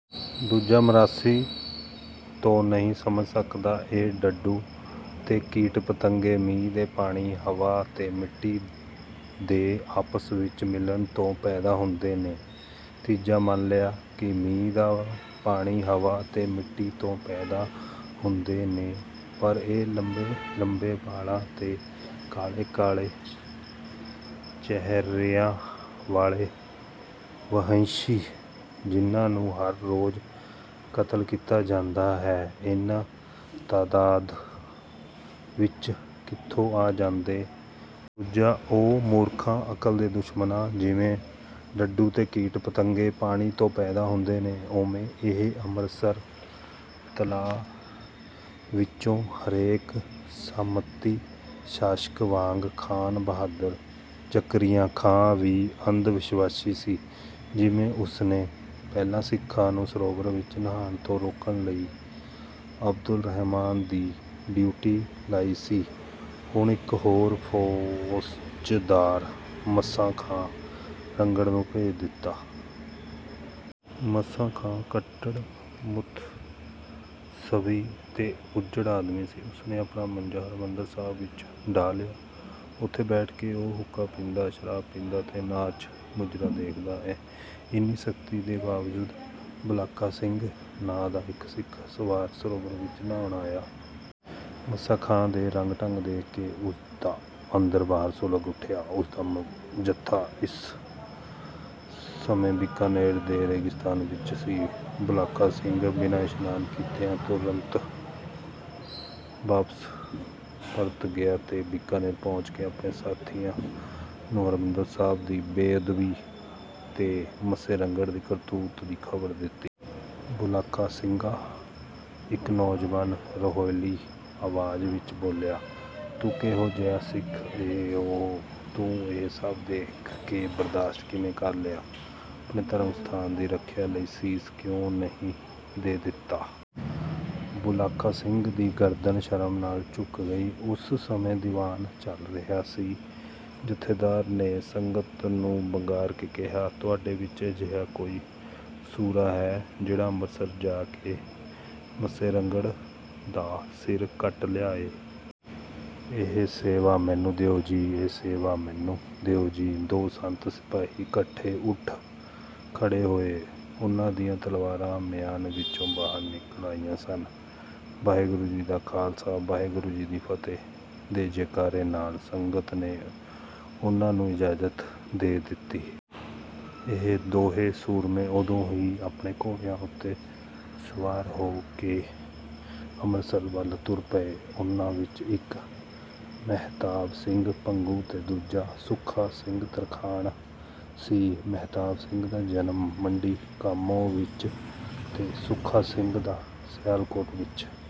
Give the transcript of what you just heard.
ਦੂਜਾ ਮਰਾਸੀ, "ਤੂੰ ਨਹੀਂ ਸਮਝ ਸਕਦਾ। ਇਹ ਡੱਡੂ ਤੇ ਕੀਟ-ਪਤੰਗੇ ਮੀਂਹ ਦਾ ਪਾਣੀ, ਹਵਾ ਤੇ ਮਿੱਟੀ ਦੇ ਆਪਸ ਵਿੱਚ ਮਿਲਣ ਤੋਂ ਪੈਦਾ ਹੁੰਦੇ ਨੇ।" ਤੀਜਾ, "ਮੰਨ ਲਿਆ ਕਿ ਮੀਂਹ ਦੇ ਪਾਣੀ, ਹਵਾ ਤੇ ਮਿੱਟੀ ਤੋਂ ਪੈਦਾ ਹੁੰਦੇ ਨੇ ਪਰ ਇਹ ਲੰਮੇ ਲੰਮੇ ਵਾਲਾਂ ਤੇ ਕਾਲੇ ਕਾਲੇ ਚਿਹਰਿਆਂ ਵਾਲੇ ਵਹਿਸ਼ੀ, ਜਿਹਨਾਂ ਨੂੰ ਹਰ ਰੋਜ਼ ਕਤਲ ਕੀਤਾ ਜਾਂਦਾ ਏ, ਇੰਨੀ ਤਾਦਾਤ ਵਿੱਚ ਕਿੱਥੋਂ ਆ ਜਾਂਦੇ? ਦੂਜਾ, "ਓਏ ਮੂਰਖਾ, ਅਕਲ ਦੇ ਦੁਸ਼ਮਣਾ। ਜਿਵੇਂ ਡੱਡੂ ਤੇ ਕੀਟ-ਪਤੰਗੇ, ਪਾਣੀ ਤੋਂ ਪੈਦਾ ਹੁੰਦੇ ਨੇ, ਓਵੇਂ ਇਹ ਅੰਮ੍ਰਿਤਸਰ ਦੇ ਤਲਾਅ ਵਿੱਚੋਂ।" ਹਰੇਕ ਸਾਮੰਤੀ ਸ਼ਾਸਕ ਵਾਂਗ ਖਾਨ ਬਹਾਦਰ ਜ਼ਕਰੀਆ ਖਾਂ ਵੀ ਅੰਧਵਿਸ਼ਵਾਸੀ ਸੀ। ਜਿਵੇਂ ਉਸਨੇ ਪਹਿਲਾਂ ਸਿੱਖਾਂ ਨੂੰ ਸਰੋਵਰ ਵਿੱਚ ਨਹਾਉਣ ਤੋਂ ਰੋਕਣ ਲਈ ਅਬਦੁਲ ਰਹਿਮਾਨ ਦੀ ਡਿਊਟੀ ਲਾਈ ਸੀ, ਹੁਣ ਇੱਕ ਹੋਰ ਫੌਜਦਾਰ ਮੱਸਾ ਖਾਂ ਰੰਗੜ ਨੂੰ ਭੇਜ ਦਿੱਤਾ। ਮੱਸਾ ਖਾਂ ਕੱਟੜ ਮੁਤੱਸਬੀ ਤੇ ਉੱਜੜ ਆਦਮੀ ਸੀ। ਉਸਨੇ ਆਪਣਾ ਮੰਜਾ ਹਰਿਮੰਦਰ ਸਾਹਿਬ ਵਿੱਚ ਡਾਹ ਲਿਆ। ਉੱਥੇ ਬੈਠ ਕੇ ਉਹ ਹੁੱਕਾ ਪੀਂਦਾ, ਸ਼ਰਾਬ ਪੀਂਦਾ ਤੇ ਨਾਚ-ਮੁਜਰਾ ਦੇਖਦਾ। ਇੰਨੀ ਸਖਤੀ ਦੇ ਬਾਵਜੂਦ ਬੁਲਾਕਾ ਸਿੰਘ ਨਾਂ ਦਾ ਇੱਕ ਸਿੱਖ ਸਵਾਰ ਸਰੋਵਰ ਵਿੱਚ ਨਹਾਉਣ ਆਇਆ। ਮੱਸਾ ਖਾਂ ਦੇ ਰੰਗ-ਢੰਗ ਦੇਖ ਕੇ ਉਸਦਾ ਅੰਦਰ-ਬਾਹਰ ਸੁਲਗ ਉੱਠਿਆ। ਉਸਦਾ ਜੱਥਾ ਇਸ ਸਮੇਂ ਬੀਕਾਨੇਰ ਦੇ ਰੇਗਿਸਤਾਨ ਵਿੱਚ ਸੀ। ਬੁਲਾਕਾ ਸਿੰਘ ਬਿਨਾਂ ਇਸ਼ਨਾਨ ਕੀਤਿਆਂ ਤੁਰੰਤ ਵਾਪਸ ਪਰਤ ਗਿਆ ਤੇ ਬੀਕਾਨੇਰ ਪਹੁੰਚ ਕੇ ਆਪਣੇ ਸਾਥੀਆਂ ਨੂੰ ਹਰਿਮੰਦਰ ਸਾਹਿਬ ਦੀ ਬੇਅਦਬੀ ਤੇ ਮੱਸੇ ਰੰਗੜ ਦੀ ਕਰਤੂਤ ਦੀ ਖ਼ਬਰ ਦਿੱਤੀ। "ਬੁਲਾਕਾ ਸਿੰਘਾ।" ਇੱਕ ਨੌਜਵਾਨ ਰੋਹੀਲੀ ਆਵਾਜ਼ ਵਿੱਚ ਬੋਲਿਆ, "ਤੂੰ ਕਿਹੋ ਜਿਹਾ ਸਿੱਖ ਏਂ ਓਏ? ਤੂੰ ਇਹ ਸਭ ਦੇਖ ਕੇ ਬਰਦਾਸ਼ਤ ਕਿਵੇਂ ਕਰ ਲਿਆ? ਆਪਣੇ ਧਰਮ ਸਥਾਨ ਦੀ ਰੱਖਿਆ ਲਈ ਸੀਸ ਕਿਉਂ ਨਹੀਂ ਦੇ ਦਿੱਤਾ?" ਬੁਲਾਕਾ ਸਿੰਘ ਦੀ ਗਰਦਨ ਸ਼ਰਮ ਨਾਲ ਝੁਕ ਗਈ। ਉਸ ਸਮੇਂ ਦੀਵਾਨ ਚੱਲ ਰਿਹਾ ਸੀ। ਜਥੇਦਾਰ ਨੇ ਸੰਗਤ ਨੂੰ ਵੰਗਾਰ ਕੇ ਕਿਹਾ, "ਤੁਹਾਡੇ ਵਿੱਚ ਅਜਿਹਾ ਕੋਈ ਸੂਰਾ ਹੈ ਜਿਹੜਾ ਅੰਮ੍ਰਿਤਸਰ ਜਾ ਕੇ ਮੱਸੇ ਰੰਗੜ ਦਾ ਸਿਰ ਕੱਟ ਲਿਆਏ?" "ਇਹ ਸੇਵਾ ਮੈਨੂੰ ਦਿਓ ਜੀ।" "ਇਹ ਸੇਵਾ ਮੈਨੂੰ ਦਿਓ ਜੀ।" ਦੋ ਸੰਤ-ਸਿਪਾਹੀ ਇਕੱਠੇ ਉੱਠ ਖੜ੍ਹੇ ਹੋਏ। ਉਹਨਾਂ ਦੀਆਂ ਤਲਵਾਰਾਂ ਮਿਆਨ ਵਿੱਚੋਂ ਬਾਹਰ ਨਿਕਲ ਆਈਆਂ ਸਨ। "ਵਾਹਿਗੁਰੂ ਜੀ ਦਾ ਖਾਲਸਾ, ਵਾਹਿਗੁਰੂ ਜੀ ਦੀ ਫਤਿਹ" ਦੇ ਜੈਕਾਰੇ ਨਾਲ ਸੰਗਤ ਨੇ ਉਹਨਾਂ ਨੂੰ ਇਜਾਜ਼ਤ ਦੇ ਦਿੱਤੀ। ਇਹ ਦੋਹੇਂ ਸੂਰਮੇ ਉਦੋਂ ਹੀ ਆਪਣੇ ਘੋੜਿਆਂ ਉੱਤੇ ਸਵਾਰ ਹੋ ਕੇ ਅੰਮ੍ਰਿਤਸਰ ਵੱਲ ਤੁਰ ਪਏ। ਉਹਨਾਂ ਵਿੱਚ ਇੱਕ ਮਹਿਤਾਬ ਸਿੰਘ ਭੰਗੂ ਤੇ ਦੂਜਾ ਸੁੱਖਾ ਸਿੰਘ ਤਰਖਾਣ ਸੀ। ਮਹਿਤਾਬ ਸਿੰਘ ਦਾ ਜਨਮ ਮੰਡੀ ਕਾਮੋਂ ਵਿੱਚ ਤੇ ਸੁੱਖਾ ਸਿੰਘ ਦਾ ਸਿਆਲਕੋਟ ਵਿੱਚ